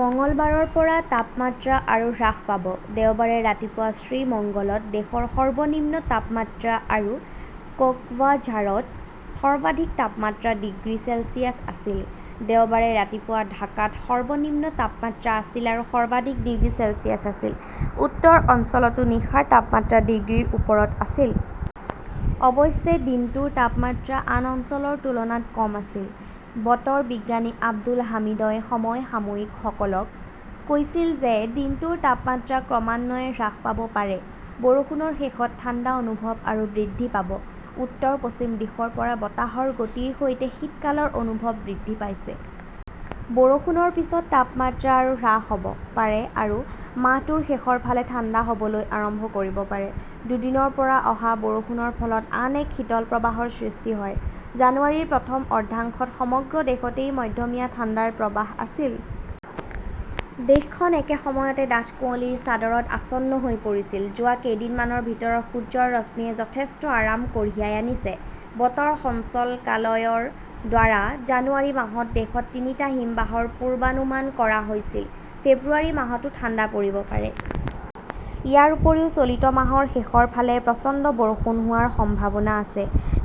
মঙলবাৰৰ পৰা তাপমাত্ৰা আৰু হ্ৰাস পাব। দেওবাৰে ৰাতিপুৱা শ্ৰীমঙ্গলত দেশৰ সৰ্বনিম্ন তাপমাত্ৰা আৰু কক্সবাঝাৰত সৰ্বাধিক তাপমাত্ৰা ডিগ্ৰী চেলছিয়াছ আছিল। দেওবাৰে ৰাতিপুৱা ঢাকাত সৰ্বনিম্ন তাপমাত্ৰা আছিল আৰু সৰ্বাধিক ডিগ্ৰী চেলছিয়াছ আছিল। উত্তৰ অঞ্চলতো নিশাৰ তাপমাত্ৰা ডিগ্ৰীৰ ওপৰত আছিল। অৱশ্যে দিনটোৰ তাপমাত্ৰা আন অঞ্চলৰ তুলনাত কম আছিল। বতৰ বিজ্ঞানী আব্দুল হামিদই সমসাময়িকসকলক কৈছিল যে দিনটোৰ তাপমাত্ৰা ক্ৰমান্বয়ে হ্ৰাস পাব পাৰে। বৰষুণৰ শেষত ঠাণ্ডা অনুভৱ আৰু বৃদ্ধি পাব। উত্তৰ-পশ্চিম দিশৰ পৰা বতাহৰ গতিৰ সৈতে শীতকালৰ অনুভৱ বৃদ্ধি পাইছে। বৰষুণৰ পিছত তাপমাত্ৰা আৰু হ্ৰাস হ "ব পাৰে আৰু মাহটোৰ শেষৰ ফালে ঠাণ্ডা হ" বলৈ আৰম্ভ কৰিব পাৰে। পুদিনাৰ পৰা অহা বৰষুণৰ ফলত আন এক শীতল প্ৰবাহৰ সৃষ্টি হয়। জানুৱাৰীৰ প্ৰথম অৰ্ধাংশত সমগ্ৰ দেশতে মধ্যমীয়া ঠাণ্ডাৰ প্ৰৱাহ আছিল। দেশখন একে সময়তে ডাঠ কুঁৱলীৰ চাদৰত আচ্ছন্ন হৈ পৰিছিল। যোৱা কেইদিনমানৰ ভিতৰত সূৰ্যৰ ৰশ্মিয়ে যথেষ্ট আৰাম কঢ়িয়াই আনিছে। বতৰ সঞ্চালকালয়ৰ দ্বাৰা জানুৱাৰী মাহত দেশত তিনিটা হিমবাহৰ পূৰ্বানুমান কৰা হৈছিল। ফেব্ৰুৱাৰী মাহতো ঠাণ্ডা পৰিব পাৰে। ইয়াৰ উপৰিও চলিত মাহৰ শেষৰ ফালে প্ৰচণ্ড বৰষুণ হোৱাৰ সম্ভাৱনা আছে।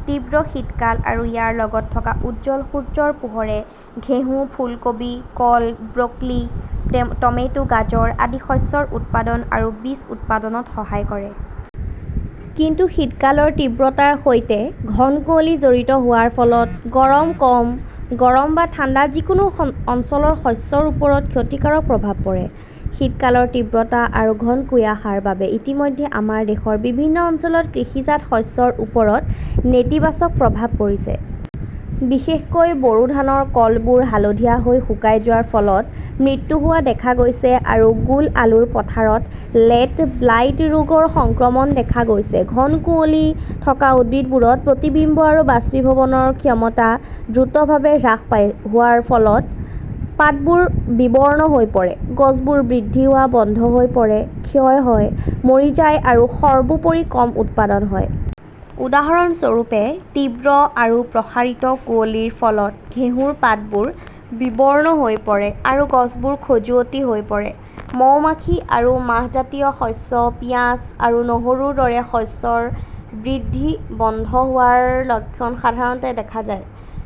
তীব্ৰ শীতকাল আৰু ইয়াৰ লগত থকা উজ্জ্বল সূৰ্যৰ পোহৰে ঘেঁহু, ফুলকপি, কল, ব্ৰকলি, টমেটো, গাজৰ আদি শস্যৰ উৎপাদন আৰু বীজ উৎপাদনত সহায় কৰে। কিন্তু শীতকালৰ তীব্ৰতাৰ সৈতে ঘন কুঁৱলী জড়িত হোৱাৰ ফলত গৰম, কম গৰম বা ঠাণ্ডা যিকোনো অঞ্চলৰ শস্যৰ ওপৰত ক্ষতিকাৰক প্ৰভাৱ পৰে। শীতকালৰ তীব্ৰতা আৰু ঘন কুয়াশাৰ বাবে ইতিমধ্যে আমাৰ দেশৰ বিভিন্ন অঞ্চলত কৃষিজাত শস্যৰ ওপৰত নেতিবাচক প্ৰভাৱ পৰিছে। বিশেষকৈ, বৰো ধানৰ কলবোৰ হালধীয়া হৈ শুকাই যোৱাৰ ফলত মৃত্যু হোৱা দেখা গৈছে আৰু গোল আলুৰ পথাৰত লেট ব্লাইট ৰোগৰ সংক্ৰমণ দেখা গৈছে। ঘন কুঁৱলী থকা উদ্ভিদবোৰত প্ৰতিবিম্ব আৰু বাষ্পীভৱনৰ ক্ষমতা দ্ৰুতভাৱে হ্ৰাস হোৱাৰ ফলত পাতবোৰ বিবৰ্ণ হৈ পৰে, গছবোৰ বৃদ্ধি হোৱা বন্ধ হৈ পৰে, ক্ষয় হয়, মৰি যায় আৰু সৰ্বোপৰি কম উৎপাদন হয়। উদাহৰণস্বৰূপে, তীব্ৰ আৰু প্ৰসাৰিত কুঁৱলীৰ ফলত ঘেঁহুৰ পাতবোৰ বিবৰ্ণ হৈ পৰে আৰু গছবোৰ খজুৱতি হৈ পৰে। মৌমাখি আৰু মাহজাতীয় শস্য, পিয়াজ আৰু নহৰুৰ দৰে শস্যৰ বৃদ্ধি বন্ধ হোৱাৰ লক্ষণ সাধাৰণতে দেখা যায়।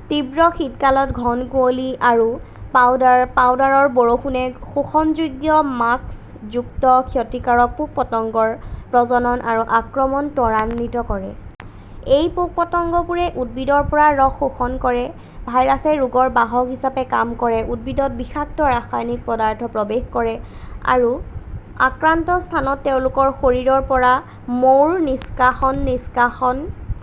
তীব্ৰ শীতকালত ঘন কুঁৱলী আৰু পাউডাৰ পাউডাৰৰ বৰষুণে শোষণযোগ্য মাস্কযুক্ত ক্ষতিকাৰক পোক-পতংগৰ প্ৰজনন আৰু আক্ৰমণ ত্বৰান্বিত কৰে। এই পোক-পতংগবোৰে উদ্ভিদৰ পৰা ৰস শোষণ কৰে, ভাইৰাছে ৰোগৰ বাহক হিচাপে কাম কৰে, উদ্ভিদত বিষাক্ত ৰাসায়নিক পদাৰ্থ প্ৰৱেশ কৰে, আৰু আক্ৰান্ত স্থানত তেওঁলোকৰ শৰীৰৰ পৰা মৌৰ নিষ্কাশন নিষ্কাশন